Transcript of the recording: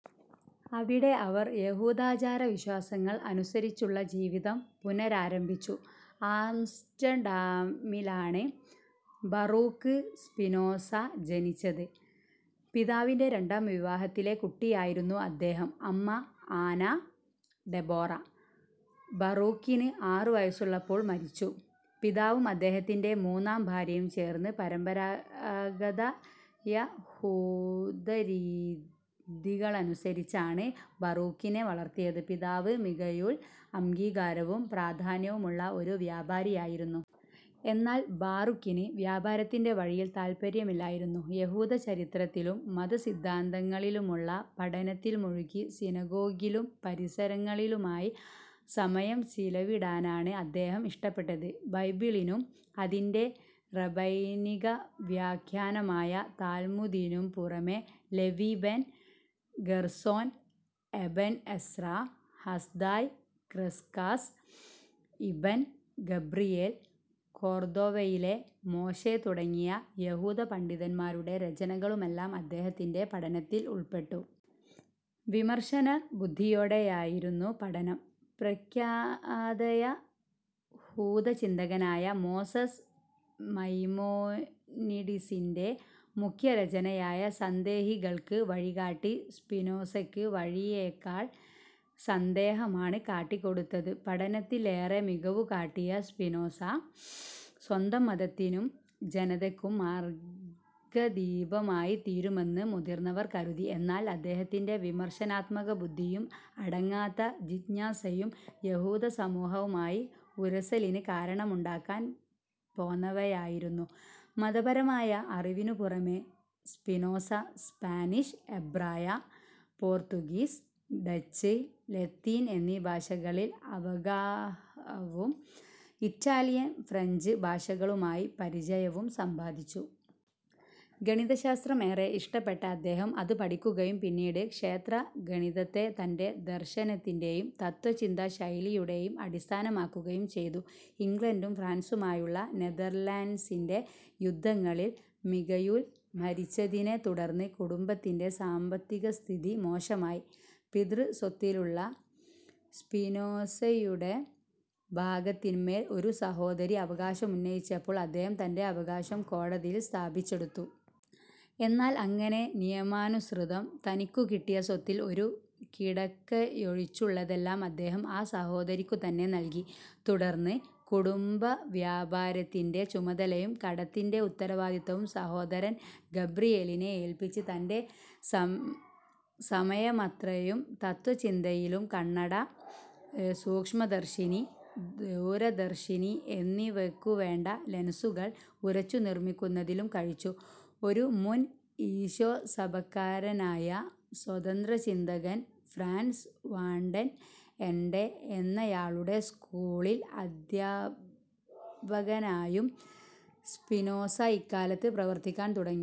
അവിടെ അവർ യഹൂദാചാരവിശ്വാസങ്ങൾ അനുസരിച്ചുള്ള ജീവിതം പുനരാരംഭിച്ചു. ആംസ്റ്റർഡാമിലാണ് ബറൂക്ക് സ്പിനോസ ജനിച്ചത്. പിതാവിന്റെ രണ്ടാം വിവാഹത്തിലെ കുട്ടിയായിരുന്നു അദ്ദേഹം. അമ്മ ആനാ ഡെബോറ, ബറൂക്കിന് ആറുവയസ്സുള്ളപ്പോൾ മരിച്ചു. പിതാവും അദ്ദേഹത്തിന്റെ മൂന്നാം ഭാര്യയും ചേർന്ന് പരമ്പരാഗതയഹൂദരീതികളനുസരിച്ചാണ് ബറൂക്കിനെ വളർത്തിയത്. പിതാവ് മിഗയൂൽ അംഗീകാരവും പ്രാധാന്യവുമുള്ള ഒരു വ്യാപാരിയായിരുന്നു. എന്നാൽ ബാറുക്കിന് വ്യാപാരത്തിന്റെ വഴിയിൽ താത്പര്യമില്ലായിരുന്നു. യഹൂദചരിത്രത്തിലും മതസിദ്ധാന്തങ്ങളിലുമുള്ള പഠനത്തിൽ മുഴുകി സിനഗോഗിലും പരിസരങ്ങളിലുമായി സമയം ചിലവിടാനാണ് അദ്ദേഹം ഇഷ്ടപ്പെട്ടത്. ബൈബിളിനും അതിന്റെ റബൈനികവ്യാഖ്യാനമായ താൽമുദിനും പുറമേ, Levi ben Gerson, Ibn Ezra, Hasdai Crescas, Ibn Gabriel, കൊർദോവയിലെ മോശെ തുടങ്ങിയ യഹൂദപണ്ഡിതന്മാരുടെ രചനകളുമെല്ലാം അദ്ദേഹത്തിന്റെ പഠനത്തിൽ ഉൾപ്പെട്ടു. വിമർശനബുദ്ധിയോടെയായിരുന്നു പഠനം. പ്രഖ്യാതയഹൂദചിന്തകനായ മോസസ് മൈമോനിഡിസിന്റെ മുഖ്യരചനയായ "സന്ദേഹികൾക്ക് വഴികാട്ടി" സ്പിനോസക്ക് വഴിയേക്കാൾ സന്ദേഹമാണ് കാട്ടിക്കൊടുത്തത്. പഠനത്തിൽ ഏറെ മികവുകാട്ടിയ സ്പിനോസ സ്വന്തം മതത്തിനും ജനതക്കും മാർഗ്ഗദീപമായിത്തീരുമെന്ന് മുതിർന്നവർ കരുതി. എന്നാൽ അദ്ദേഹത്തിന്റെ വിമർശനാത്മകബുദ്ധിയും അടങ്ങാത്ത ജിജ്ഞാസയും യഹൂദസമൂഹവുമായി ഉരസലിന് കാരണമുണ്ടാക്കാൻ പോന്നവയായിരുന്നു. മതപരമായ അറിവിനുപുറമേ സ്പിനോസ സ്പാനിഷ്, എബ്രായ, പോർത്തുഗീസ്, ഡച്ച്, ലത്തീൻ എന്നീ ഭാഷകളിൽ അവഗാഹവും ഇറ്റാലിയൻ, ഫ്രഞ്ച് ഭാഷകളുമായി പരിചയവും സമ്പാദിച്ചു. ഗണിതശാസ്ത്രം ഏറെ ഇഷ്ടപ്പെട്ട അദ്ദേഹം അത് പഠിക്കുകയും പിന്നീട്, ക്ഷേത്രഗണിതത്തെ തന്റെ ദർശനത്തിന്റേയും തത്ത്വചിന്താശൈലിയുടേയും അടിസ്ഥാനമാക്കുകയും ചെയ്തു. ഇംഗ്ലണ്ടും ഫ്രാൻസുമായുള്ള നെഥർലാൻഡ്സിന്റെ യുദ്ധങ്ങളിൽ മിഗയൂൽ മരിച്ചതിനെ തുടർന്ന് കുടുംബത്തിന്റെ സാമ്പത്തികസ്ഥിതി മോശമായി. പിതൃസ്വത്തിലുള്ള സ്പിനോസയുടെ ഭാഗത്തിന്മേൽ ഒരു സഹോദരി അവകാശം ഉന്നയിച്ചപ്പോൾ അദ്ദേഹം തന്റെ അവകാശം കോടതിയിൽ സ്ഥാപിച്ചെടുത്തു. എന്നാൽ അങ്ങനെ നിയമാനുസൃതം തനിക്കുകിട്ടിയ സ്വത്തിൽ ഒരു കിടക്കയൊഴിച്ചുള്ളതെല്ലാം അദ്ദേഹം ആ സഹോദരിക്കുതന്നെ നൽകി. തുടർന്ന്, കുടുംബവ്യാപാരത്തിന്റെ ചുമതലയും കടത്തിന്റെ ഉത്തരവാദിത്തവും സഹോദരൻ ഗബ്രിയേലിനെ ഏല്പ്പിച്ച് തന്റെ സമയമത്രയും തത്ത്വചിന്തയിലും കണ്ണട, സൂക്ഷ്മദർശിനി, ദൂരദർശിനി എന്നിവക്കുവേണ്ട ലെൻസുകൾ ഉരച്ചുനിർമ്മിക്കുന്നതിലും കഴിച്ചു. ഒരു മുൻ ഈശോസഭക്കാരനായ സ്വതന്ത്രചിന്തകൻ, ഫ്രാൻസ് വാൻഡെൻ എൻഡെ എന്നയാളുടെ സ്കൂളിൽ അദ്ധ്യപകനായും സ്പിനോസ ഇക്കാലത്ത് പ്രവർത്തിക്കാൻ തുടങ്ങി.